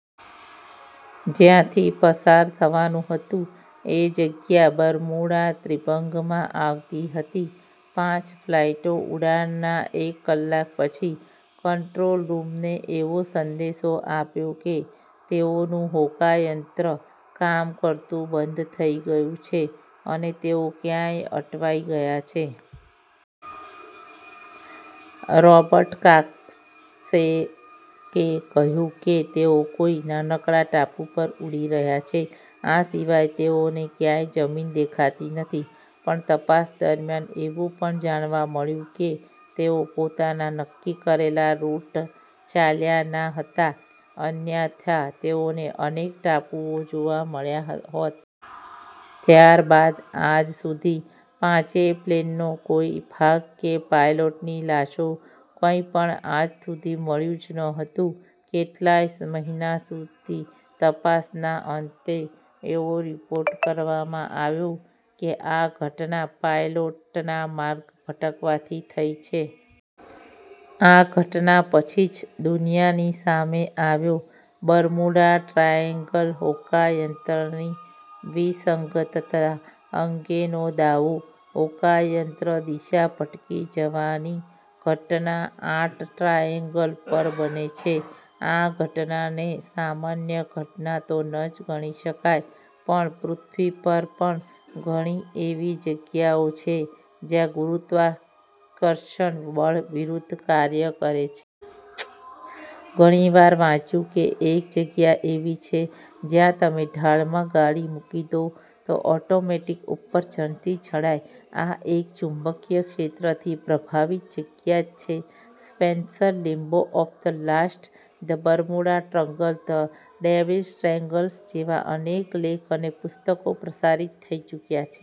જ્યાથી પસાર થવાનુ હતુ એ જગ્યા બર્મુડા ત્રિભંગમાં આવતી હતી. પાંચ ફલાઇટો ઉડાનના એક કલાક પછી કંટ્રોલરૂમને એવો સંદેશો આપ્યો કે તેઓ નુ હોકાયંત્ર કામ કરતુ બંધ થઈ ગયુ છે. અને તેઓ ક્યાય અટવાઇ ગયા છે. રોબર્ટ કાક્સ કે કહ્યુ કે તેઓ કોઇ નાનકડા ટાપુ ઉપર ઉડી રહ્યા છે. આ સિવાય તેઓને ક્યાય જમીન દેખાતી નથી પણ તપાસ દરમ્યાન એવુ પણ જાણવા મળ્યુ કે તેઓ પોતાના નક્કિ કરેલા રૂટ ચાલ્યા ન હતા અન્યથા તેઓને અનેક ટાપુઓ જોવા મળ્યા હોત. ત્યાર બાદ આજ સુધી પાંચેય પ્લેનનો કોઇ ભાગ કે પાઇલટની લાશો કઈ પણ આજ સુધી મળ્યુ જ ન હતુ. કેટલાય મહિના સુધી તપાસના અંતે એવો રીપોર્ટ કરવામાં આવ્યો કે આ ઘટના પાઇલોટના માર્ગ ભટકવાથી થઈ છે. આ ઘટના પછી જ દુનિયાની સામે આવ્યો બર્મુડા ટ્રાયેન્ગલ. હોકાયંત્રની વિસંગતતા અંગેનો દાવો હોકાયંત્ર દિશા ભટકી જવાની ઘટના આટ ટ્રાયેન્ગલ પર બને છે. આ ઘટનાને સામાન્ય ઘટના તો ન જ ગણી શકાય પણ પૃથ્વી પર પણ ઘણી એવી જગ્યાઓ છે જ્યા ગુરુત્વાકર્ષણ બળ વિરુધ્ધ કાર્ય કરે છે. ઘણીવાર વાંચ્યુ કે એક જગ્યા એવી છે. જ્યા તમે ઢાળમાં ગાડી મુકી દો તો ઓટોમેટીક ઉપર ચડતી જણાય આ એક ચુંબકિય ક્ષેત્રથી પ્રભાવિત જગ્યા જ છે. Spencer limbo of the lost, the Bermuda triangle, the devil's triangles જેવા અનેક લેખ અને પુસ્તકો પ્રસારીત થઈ ચુકયા છે.